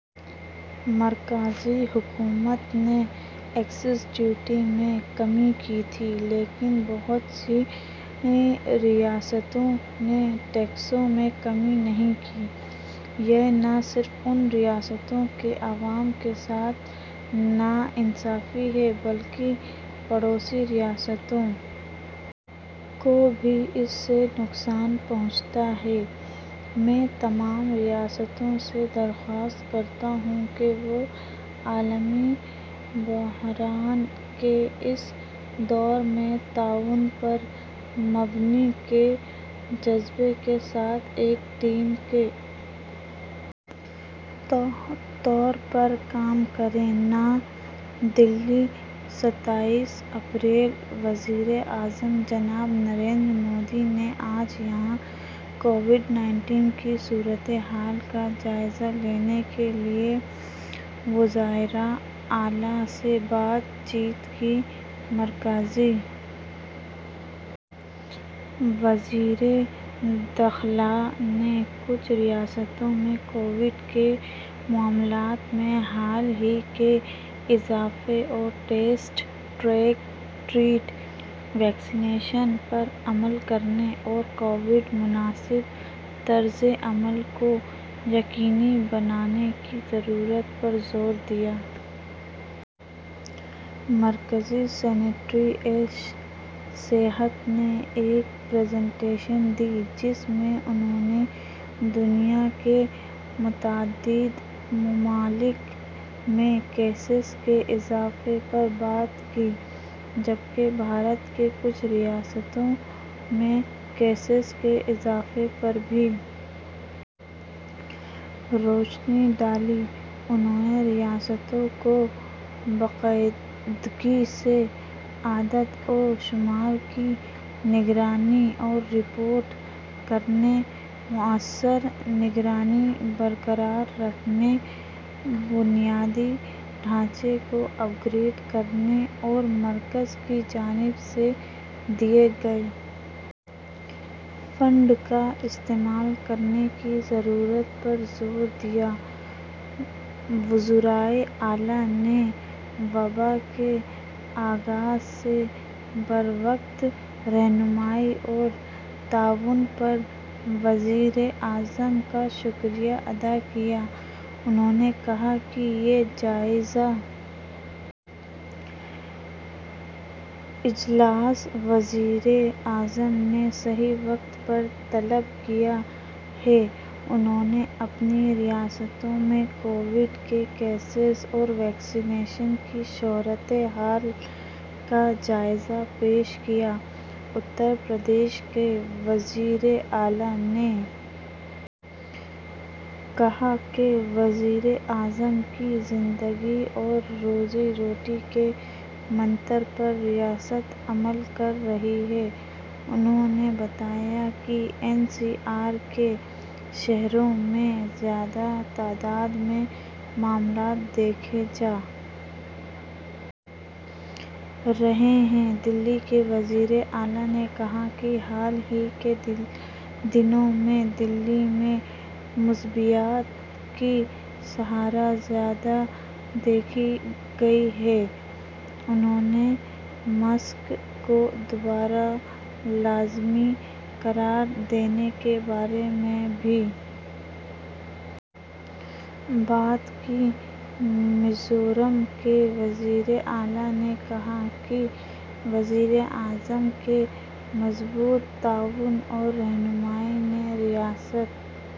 مرکزی حکومت نے ایکسائز ڈیوٹی میں کمی کی تھی لیکن بہت سی ریاستوں نے ٹیکسوں میں کمی نہیں کی یہ نہ صرف ان ریاستوں کے عوام کے ساتھ ناانصافی ہے بلکہ پڑوسی ریاستوں کو بھی اس سے نقصان پہنچتا ہے میں تمام ریاستوں سے درخواست کرتا ہوں کہ وہ عالمی بحران کے اس دور میں تعاون پر مبنی وفاقیت کے جذبے کے ساتھ ایک ٹیم کے طور پر کام کریں نئی دہلی ستائیس اپریل وزیر اعظم جناب نریندر مودی نے آج یہاں کووڈ انیس کی صورت حال کا جائزہ لینے کے لیے وزرائے اعلیٰ سے بات چیت کی مرکزی وزیر داخلہ نے کچھ ریاستوں میں کووڈ کے معاملات میں حالیہ اضافے اور ٹیسٹ ٹریک ٹریٹ ویکسینیشن پر عمل کرنے اور کووڈ مناسب طرز عمل کو یقینی بنانے کی ضرورت پر زور دیا مرکزی سکریٹری صحت نے ایک پریزنٹیشن دی جس میں انہوں نے دنیا کے متعدد ممالک میں کیسز کے اضافے پر بات کی جبکہ بھارت کی کچھ ریاستوں میں کیسز کے اضافے پر بھی روشنی ڈالی انہوں نے ریاستوں کو باقاعدگی سے اعداد و شمار کی نگرانی اور رپورٹ کرنے موثر نگرانی برقرار رکھنے بنیادی ڈھانچے کو اپ گریڈ کرنے اور مرکز کی جانب سے دیے گئے فنڈز کا استعمال کرنے کی ضرورت پر زور دیا وزرائے اعلیٰ نے وبا کے آغاز سے بروقت رہنمائی اور تعاون پر وزیر اعظم کا شکریہ ادا کیا انہوں نے کہا کہ یہ جائزہ اجلاس وزیر اعظم نے صحیح وقت پر طلب کیا ہے انہوں نے اپنی ریاستوں میں کووڈ کے کیسز اور ویکسینیشن کی صورت حال کا جائزہ پیش کیا اتر پردیش کے وزیر اعلیٰ نے کہا کہ وزیر اعظم کی زندگی اور روزی روٹی کے منتر پر ریاست عمل کر رہی ہے انہوں نے بتایا کہ این سی آر کے شہروں میں زیادہ تعداد میں معاملات دیکھے جا رہے ہیں دہلی کے وزیر اعلیٰ نے کہا کہ حالیہ دنوں میں دہلی میں مثبتیت کی شرح زیادہ دیکھی گئی ہے انہوں نے ماسک کو دوبارہ لازمی قرار دینے کے بارے میں بھی بات کی میزورم کے وزیر اعلیٰ نے کہا کہ وزیر اعظم کے مضبوط تعاون اور رہنمائی نے ریاست